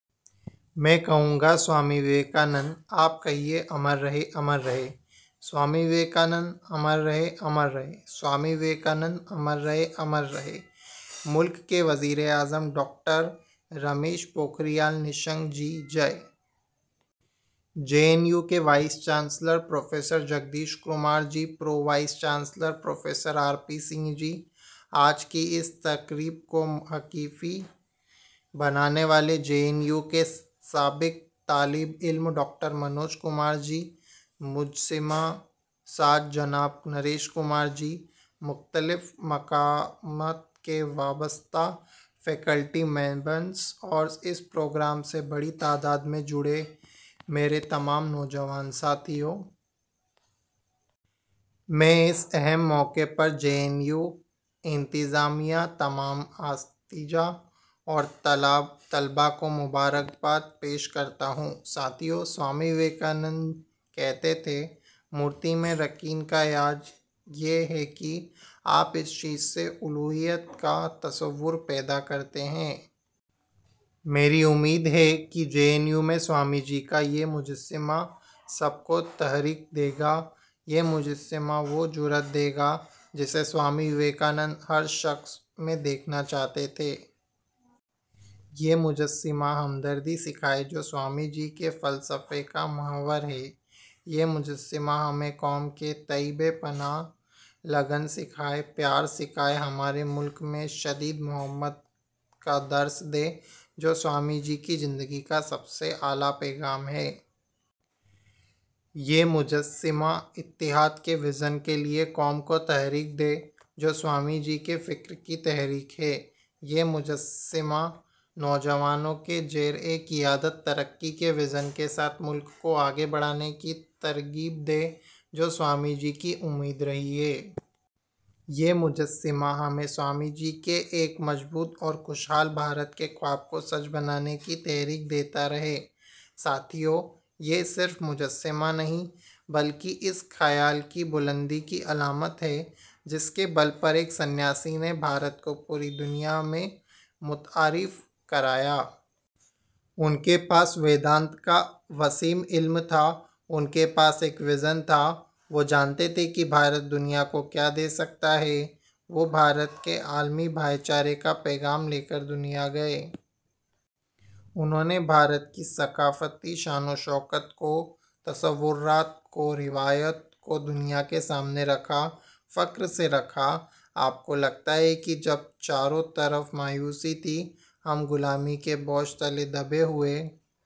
میں کہوں گا سوامی وویکانند۔ آپ کہیے، امر رہیں، امر رہیں۔ سوامی وویکانند۔ امر رہیں، امر رہیں۔ سوامی وویکانند۔ امر رہیں، امر رہیں۔ ملک کے وزیرِ تعلیم، doctor Ramesh Pokhriyal Nishank ji, J N U کے vice chancellor professor Jagdish Kumar ji, pro vice chancellor professor R P Singh ji, آج کی اس تقریب کو حقیقی بنانے والے جے این یو کے سابق طالب علم ڈاکٹر منوج کمار جی، مجسمہ ساز جناب نریش کماوت جی، مختلف مقامات سے وابستہ فیکلٹی ممبران اور اس پروگرام سے بڑی تعداد میں جڑے میرے تمام نوجوان ساتھیو۔ میں اس اہم موقع پر جے این یو انتظامیہ، تمام اساتذہ اور طلبہ کو مبارک باد پیش کرتا ہوں۔ ساتھیو، سوامی وویکانند کہتے تھے، "مورتی میں یقین کا راز یہ ہے کہ آپ اس چیز سے الوہیت کا تصور پیدا کرتے ہیں۔" میری امید ہے کہ جے این یو میں سوامی جی کا یہ مجسمہ سب کو تحریک دے گا، یہ مجسمہ وہ جرأت دے گا جسے سوامی وویکانند ہر شخص میں دیکھنا چاہتے تھے۔ یہ مجسمہ ہمدردی سکھائے، جو سوامی جی کے فلسفے کا محور ہے۔ یہ مجسمہ ہمیں قوم کے تئیں بے پناہ لگن سکھائے، پیار سکھائے، ہمارے ملک سے شدید محبت کا درس دے، جو سوامی جی کی زندگی کا سب سے اعلیٰ پیغام ہے۔ یہ مجسمہ اتحاد کے وژن کے لیے قوم کو تحریک دے، جو سوامی جی کے فکر کی تحریک ہے۔ یہ مجسمہ نوجوانوں کے زیرِ قیادت ترقی کے وژن کے ساتھ ملک کو آگے بڑھانے کی ترغیب دے، جو سوامی جی کی امید رہی ہے۔ یہ مجسمہ ہمیں سوامی جی کے ایک مضبوط اور خوشحال بھارت کے خواب کو سچ بنانے کی تحریک دیتا رہے۔ ساتھیو، یہ صرف مجسمہ نہیں ہے، بلکہ اس خیال کی بلندی کی علامت ہے، جس کے بل پر ایک سنیاسی نے بھارت کو پوری دنیا سے متعارف کرایا۔ ان کے پاس ویدانت کا وسیع علم تھا۔ ان کے پاس ایک وژن تھا۔ وہ جانتے تھے کہ بھارت دنیا کو کیا دے سکتا ہے۔ وہ بھارت کے عالمی بھائی چارے کا پیغام لے کر دنیا گئے۔ انہوں نے بھارت کی ثقافتی شان و شوکت کو، تصورات کو، روایات کو دنیا کے سامنے رکھا۔ فخر سے رکھا۔ آپ کو لگتا ہے کہ جب چاروں طرف مایوسی تھی، ہم غلامی کے بوجھ تلے دبے ہوئے